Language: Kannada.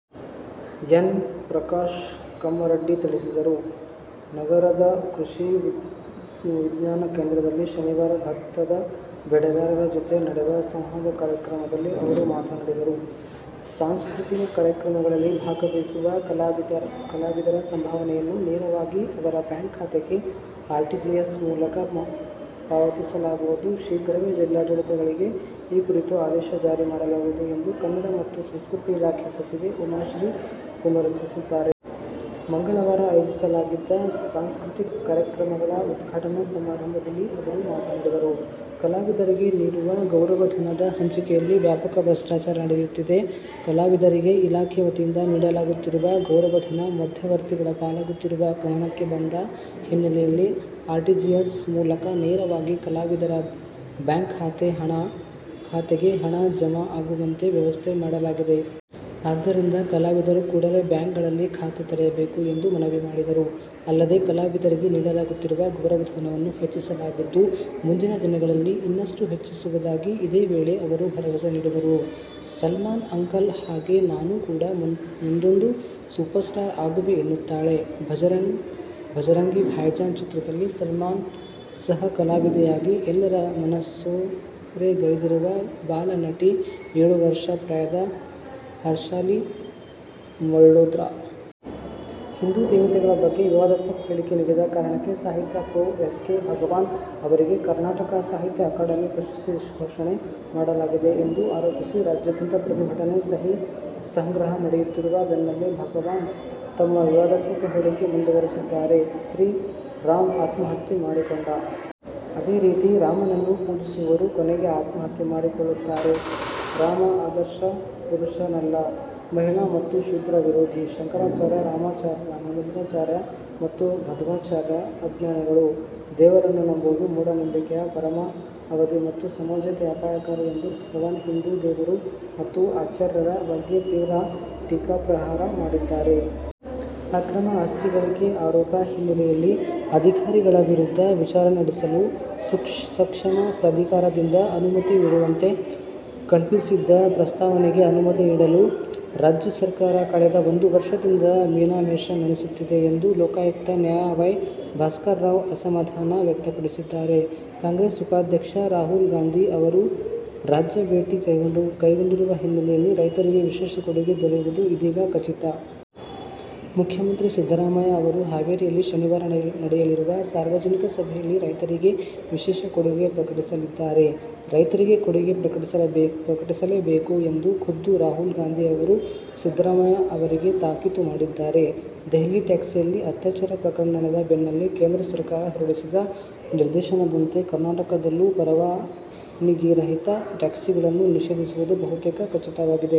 ಎನ್. ಪ್ರಕಾಶ್ ಕಮ್ಮರಡಿ ತಿಳಿಸಿದರು. ನಗರದ ಕೃಷಿ ವಿಜ್ಞಾನ ಕೇಂದ್ರದಲ್ಲಿ ಶನಿವಾರ ಭತ್ತದ ಬೆಳೆಗಾರರ ಜೊತೆ ನಡೆದ ಸಂವಾದ ಕಾರ್ಯಕ್ರಮದಲ್ಲಿ ಅವರು ಮಾತನಾಡಿದರು. ಸಾಂಸ್ಕೃತಿಕ ಕಾರ್ಯಕ್ರಮಗಳಲ್ಲಿ ಭಾಗವಹಿಸುವ ಕಲಾವಿದರ ಸಂಭಾವನೆಯನ್ನು ನೇರವಾಗಿ ಅವರ ಬ್ಯಾಂಕ್ ಖಾತೆಗೆ ಆರ್ಟಿಜಿಎಸ್ ಮೂಲಕ ಪಾವತಿಸಲಾಗುವುದು. ಶೀಘ್ರವೇ ಜಿಲ್ಲಾಡಳಿತಗಳಿಗೆ ಈ ಕುರಿತು ಆದೇಶ ಜಾರಿ ಮಾಡಲಾಗುವುದು ಎಂದು ಕನ್ನಡ ಮತ್ತು ಸಂಸ್ಕೃತಿ ಇಲಾಖೆ ಸಚಿವೆ ಉಮಾಶ್ರೀ ಪುನರುಚ್ಚರಿಸಿದ್ದಾರೆ. ಮಂಗಳವಾರ ಆಯೋಜಿಸಲಾಗಿದ್ದ ಸಾಂಸ್ಕೃತಿಕ ಕಾರ್ಯಕ್ರಮಗಳ ಉದ್ಘಾಟನಾ ಸಮಾರಂಭದಲ್ಲಿ ಅವರು ಮಾತನಾಡಿದರು. ಕಲಾವಿದರಿಗೆ ನೀಡುವ ಗೌರವಧನದ ಹಂಚಿಕೆಯಲ್ಲಿ ವ್ಯಾಪಕ ಭ್ರಷ್ಟಾಚಾರ ನಡೆಯುತ್ತಿದೆ. ಕಲಾವಿದರಿಗೆ ಇಲಾಖೆ ವತಿಯಿಂದ ನೀಡಲಾಗುತ್ತಿರುವ ಗೌರವಧನ ಮಧ್ಯವರ್ತಿಗಳ ಪಾಲಾಗುತ್ತಿರುವುದು ಗಮನಕ್ಕೆ ಬಂದ ಹಿನ್ನೆಲೆಯಲ್ಲಿ ಆರ್ಟಿಜಿಎಸ್ ಮೂಲಕ ನೇರವಾಗಿ ಕಲಾವಿದರ ಬ್ಯಾಂಕ್ ಖಾತೆಗೆ ಹಣ ಜಮಾ ಆಗುವಂತೆ ವ್ಯವಸ್ಥೆ ಮಾಡಲಾಗಿದೆ. ಆದ್ದರಿಂದ ಕಲಾವಿದರು ಕೂಡಲೇ ಬ್ಯಾಂಕ್ಗಳಲ್ಲಿ ಖಾತೆ ತೆರೆಯಬೇಕು ಎಂದು ಮನವಿ ಮಾಡಿದರು. ಅಲ್ಲದೆ, ಕಲಾವಿದರಿಗೆ ನೀಡಲಾಗುತ್ತಿರುವ ಗೌರವಧನವನ್ನು ಹೆಚ್ಚಿಸಲಾಗಿದ್ದು, ಮುಂದಿನ ದಿನಗಳಲ್ಲಿ ಇನ್ನಷ್ಟು ಹೆಚ್ಚಿಸುವುದಾಗಿ ಇದೇ ವೇಳೆ ಅವರು ಭರವಸೆ ನೀಡಿದರು. "ಸಲ್ಮಾನ್ ಅಂಕಲ್ ಹಾಗೆ ನಾನು ಕೂಡ ಮುಂದೊಂದು ಸೂಪರ್ ಸ್ಟಾರ್ ಅಗುವೆ' ಎನ್ನುತ್ತಾಳೆ "ಬಜರಂಗಿ ಭಾಯಿಜಾನ್' ಚಿತ್ರದಲ್ಲಿ ಸಲ್ಮಾನ್ ಸಹ ಕಲಾವಿದೆಯಾಗಿ ಎಲ್ಲರ ಮನಸೂರೆಗೈದಿರುವ ಬಾಲ ನಟಿ, ಏಳು ವರ್ಷ ಪ್ರಾಯದ ಹರ್ಷಾಲಿ ಮಲ್ಹೋತ್ರಾ. ಹಿಂದೂ ದೇವತೆಗಳ ಬಗ್ಗೆ ವಿವಾದಾತ್ಮಕ ಹೇಳಿಕೆ ನೀಡಿದ ಕಾರಣಕ್ಕೆ ಸಾಹಿತಿ ಪ್ರೊ. ಎಸ್. ಕೆ. ಭಗವಾನ್ ಅವರಿಗೆ ಕರ್ನಾಟಕ ಸಾಹಿತ್ಯ ಅಕಾಡೆಮಿ ಪ್ರಶಸ್ತಿ ಘೋಷಣೆ ಮಾಡಲಾಗಿದೆ ಎಂದು ಆರೋಪಿಸಿ ರಾಜ್ಯಾದ್ಯಂತ ಪ್ರತಿಭಟನೆ, ಸಹಿ ಸಂಗ್ರಹ ನಡೆಯುತ್ತಿರುವ ಬೆನ್ನಲ್ಲೇ ಭಗವಾನ್ ತಮ್ಮ ವಿವಾದಾತ್ಮಕ ಹೇಳಿಕೆ ಮುಂದುವರಿಸಿದ್ದಾರೆ. ಶ್ರೀರಾಮ ಆತ್ಮಹತ್ಯೆ ಮಾಡಿಕೊಂಡ. ಅದೇ ರೀತಿ ರಾಮನನ್ನು ಪೂಜಿಸುವವರು ಕೊನೆಗೆ ಆತ್ಮಹತ್ಯೆ ಮಾಡಿಕೊಳ್ಳುತ್ತಾರೆ. ರಾಮ ಆದರ್ಶ ಪುರುಷನಲ್ಲ, ಮಹಿಳಾ ಮತ್ತು ಶೂದ್ರ ವಿರೋಧಿ. ಶಂಕರಾಚಾರ್ಯ, ರಾಮಾನುಜಾಚಾರ್ಯ ಮತ್ತು ಮಧ್ವಾಚಾರ್ಯರು ಅಜ್ಞಾನಿಗಳು. ದೇವರನ್ನು ನಂಬುವುದು ಮೂಢನಂಬಿಕೆಯ ಪರಮಾವಧಿ ಮತ್ತು ಸಮಾಜಕ್ಕೆ ಅಪಾಯಕಾರಿ ಎಂದು ಭಗವಾನ್ ಹಿಂದೂ ದೇವರು ಮತ್ತು ಆಚಾರ್ಯರ ಬಗ್ಗೆ ತೀವ್ರ ಟೀಕಾಪ್ರಹಾರ ಮಾಡಿದ್ದಾರೆ. ಅಕ್ರಮ ಆಸ್ತಿ ಗಳಿಕೆ ಆರೋಪ ಹಿನ್ನೆಲೆಯಲ್ಲಿ ಅಧಿಕಾರಿಗಳ ವಿರುದ್ಧ ವಿಚಾರಣೆ ನಡೆಸಲು ಸಕ್ಷಮ ಪ್ರಾಧಿಕಾರದಿಂದ ಅನುಮತಿ ನೀಡುವಂತೆ ಕಳುಹಿಸಿದ್ದ ಪ್ರಸ್ತಾವನೆಗೆ ಅನುಮತಿ ನೀಡಲು ರಾಜ್ಯ ಸರ್ಕಾರ ಕಳೆದ ಒಂದು ವರ್ಷದಿಂದ ಮೀನಮೇಷ ಎಣಿಸುತ್ತಿದೆ ಎಂದು ಲೋಕಾಯುಕ್ತ ನ್ಯಾ. ವೈ. ಭಾಸ್ಕರ್ರಾವ್ ಅಸಮಾಧಾನ ವ್ಯಕ್ತಪಡಿಸಿದ್ದಾರೆ. ಕಾಂಗ್ರೆಸ್ ಉಪಾಧ್ಯಕ್ಷ ರಾಹುಲ್ ಗಾಂಧಿ ಅವರು ರಾಜ್ಯ ಭೇಟಿ ಕೈಗೊಂಡಿರುವ ಹಿನ್ನೆಲೆಯಲ್ಲಿ ರೈತರಿಗೆ ವಿಶೇಷ ಕೊಡುಗೆ ದೊರೆಯುವುದು ಇದೀಗ ಖಚಿತ. ಮುಖ್ಯಮಂತ್ರಿ ಸಿದ್ದರಾಮಯ್ಯ ಅವರು ಹಾವೇರಿಯಲ್ಲಿ ಶನಿವಾರ ನಡೆಯಲಿರುವ ಸಾರ್ವಜನಿಕ ಸಭೆಯಲ್ಲಿ ರೈತರಿಗೆ ಈ ವಿಶೇಷ ಕೊಡುಗೆ ಪ್ರಕಟಿಸಲಿದ್ದಾರೆ. ರೈತರಿಗೆ ಕೊಡುಗೆ ಪ್ರಕಟಿಸಲೇಬೇಕು ಎಂದು ಖುದ್ದು ರಾಹುಲ್ ಗಾಂಧಿ ಅವರು ಸಿದ್ದರಾಮಯ್ಯ ಅವರಿಗೆ ತಾಕೀತು ಮಾಡಿದ್ದಾರೆ. ದೆಹಲಿ ಟ್ಯಾಕ್ಸಿಯಲ್ಲಿ ಅತ್ಯಾಚಾರ ಪ್ರಕರಣ ನಡೆದ ಬೆನ್ನಲ್ಲೇ ಕೇಂದ್ರ ಸರ್ಕಾರ ಹೊರಡಿಸಿದ ನಿರ್ದೇಶನದಂತೆ ಕರ್ನಾಟಕದಲ್ಲೂ ಪರವಾನಗಿರಹಿತ ಟ್ಯಾಕ್ಸಿಗಳನ್ನು ನಿಷೇಧಿಸುವುದು ಬಹುತೇಕ ಖಚಿತವಾಗಿದೆ.